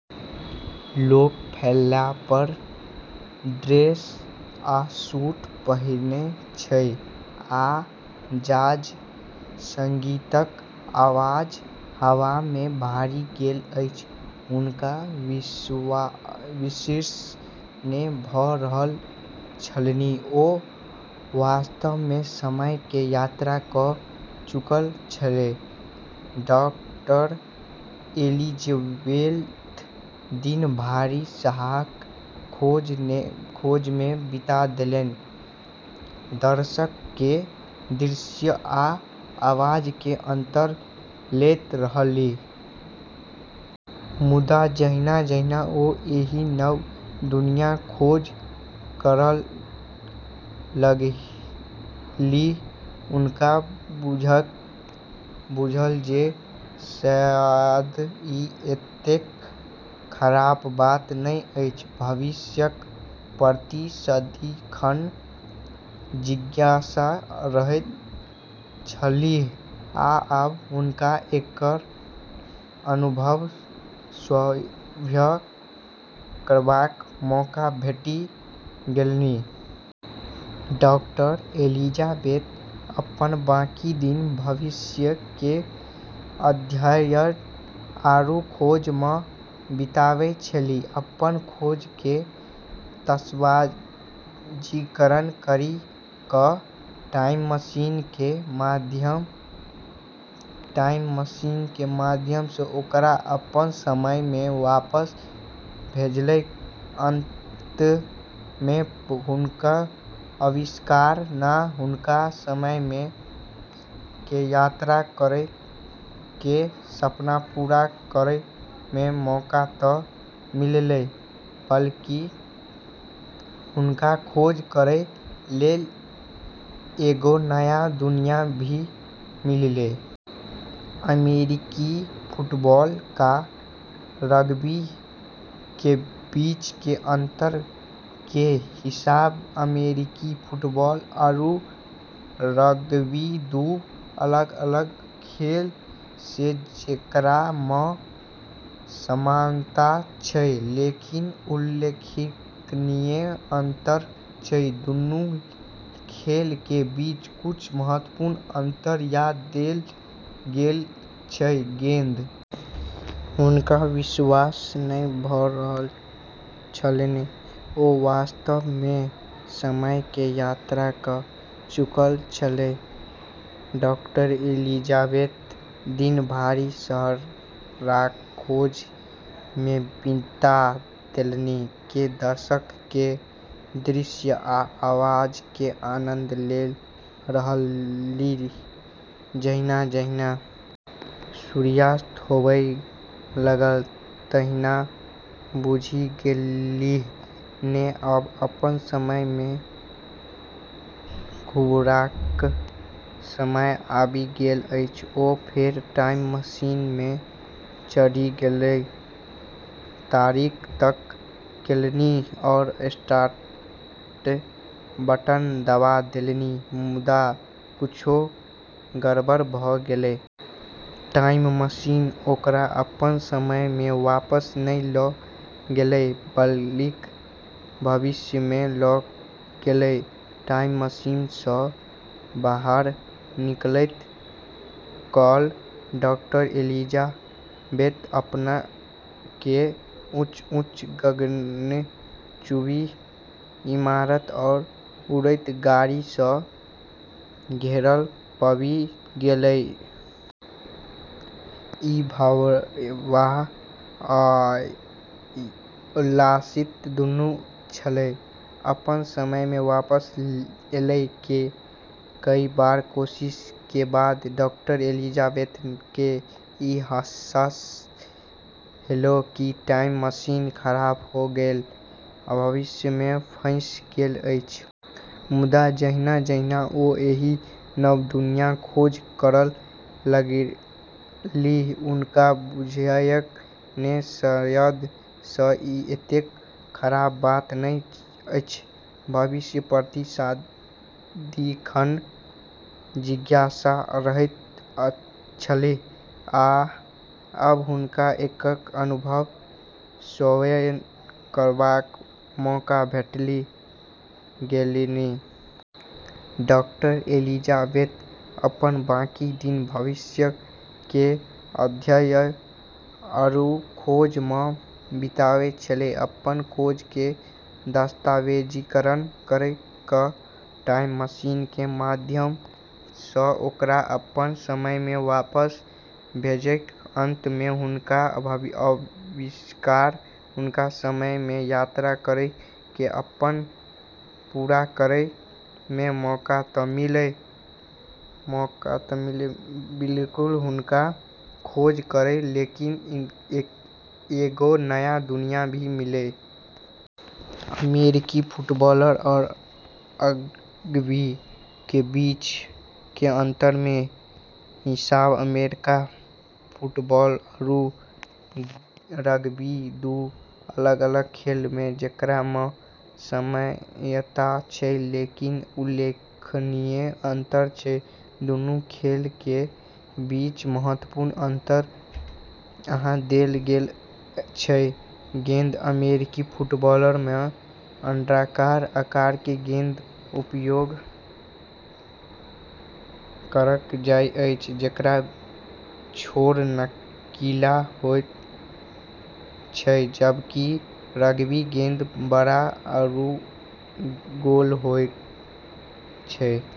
लोक flapper dress आ suit पहिरने छल आ जाज संगीतक आवाज हवा मे भरि गेल छल। हुनका विश्वास नै भ रहल छलनि, ओ वास्तव में समय के यात्रा कऽ चुकल छलीह! डॉ. एलिजाबेथ दिन भरि शहरक खोज में बिता देलनि, दशक के दृश्य आ आवाज के आनंद लैत रहलीह। मुदा जहिना-जहिना ओ एहि नव दुनियाँक खोज करय लगलीह, हुनका बुझायल जे शायद ई एतेक खराब बात नहि अछि। भविष्यक प्रति सदिखन जिज्ञासा रहैत छलीह, आ आब हुनका एकर अनुभव स्वयं करबाक मौका भेटि गेलनि। डॉ. एलिजाबेथ अपनऽ बाकी दिन भविष्य केरऽ अध्ययन आरू खोज मऽ बिताबै छेली, अपनऽ खोज के दस्तावेजीकरण करी कऽ टाइम मशीन के माध्यम सऽ ओकरा अपनऽ समय मऽ वापस भेजलकै। अंत में हुनकऽ आविष्कार नऽ हुनका समय के यात्रा करै के सपना पूरा करै के मौका त मिललै बल्कि हुनका खोज करै लेली एगो नया दुनिया भी मिललै। अमेरिकी फुटबॉल आ रग्बी के बीच के अंतर के हिसाब अमेरिकी फुटबॉल आरू रग्बी दू अलग-अलग खेल छै जेकरा मऽ समानता छै लेकिन उल्लेखनीय अंतर छै। दूनू खेलऽ के बीच कुछ महत्वपूर्ण अंतर यहाँ देलऽ गेलऽ छै ।गेंद हुनका विश्वास नै भ रहल छलनि, ओ वास्तव में समय के यात्रा क चुकल छलीह! डॉ. एलिजाबेथ दिन भरि शहरक खोज में बिता देलनि, के दशक के दृश्य आ आवाज के आनंद लैत रहलीह ।जहिना-जहिना सूर्यास्त होबय लागल तहिना बुझि गेलीह जे आब अपन समय मे घुरबाक समय आबि गेल अछि। ओ फेर टाइम मशीन मे चढ़ि गेलीह, तारीख तय केलनि आ स्टार्ट बटन दबा देलनि। मुदा किछु गड़बड़ भऽ गेलै। टाइम मशीन ओकरा अपन समय मे वापस नहि लऽ गेलै, बल्कि भविष्य मे लऽ गेलै। टाइम मशीन सऽ बाहर निकलैत काल डॉ. एलिजाबेथ अपना के ऊंच-ऊंच गगनचुंबी इमारत आ उड़ैत गाड़ी सऽ घेरल पाबि गेलीह। ई भयावह आ उल्लासक दुनू छल। अपनऽ समय मे वापस ऐला के कई बार कोशिश के बाद डॉ. एलिजाबेथ के ई अहसास होलै कि टाइम मशीन खराब होय गेलऽ छै। भविष्य मे फँसि गेल छलीह। मुदा जहिना-जहिना ओ एहि नव दुनियाँक खोज करय लगलीह, हुनका बुझायल जे शायद ई एतेक खराब बात नहि अछि। भविष्यक प्रति सदिखन जिज्ञासा रहैत छलीह, आ आब हुनका एकर अनुभव स्वयं करबाक मौका भेटि गेलनि। डॉ. एलिजाबेथ अपनऽ बाकी दिन भविष्य केरऽ अध्ययन आरू खोज मऽ बिताबै छेली, अपनऽ खोज के दस्तावेजीकरण करी कऽ टाइम मशीन के माध्यम सऽ ओकरा अपनऽ समय मऽ वापस भेजलकै। अंत में हुनकऽ आविष्कार हुनका समय के यात्रा करै के सपना पूरा करै के मौका त मिललै बल्कि हुनका खोज करै लेली एगो नया दुनिया भी मिललै। अमेरिकी फुटबॉल आ रग्बी के बीच के अंतर के हिसाब अमेरिकी फुटबॉल आरू रग्बी दू अलग-अलग खेल छै जेकरा मऽ समानता छै लेकिन उल्लेखनीय अंतर छै। दूनू खेलऽ के बीच कुछ महत्वपूर्ण अंतर यहाँ देलऽ गेलऽ छै ।गेंद अमेरिकी फुटबॉल मऽ अण्डाकार आकार के गेंद के उपयोग करलऽ जाय छै जेकरऽ छोर नुकीला होय छै जबकि रग्बी गेंद बड़ऽ आरू गोल होय छै।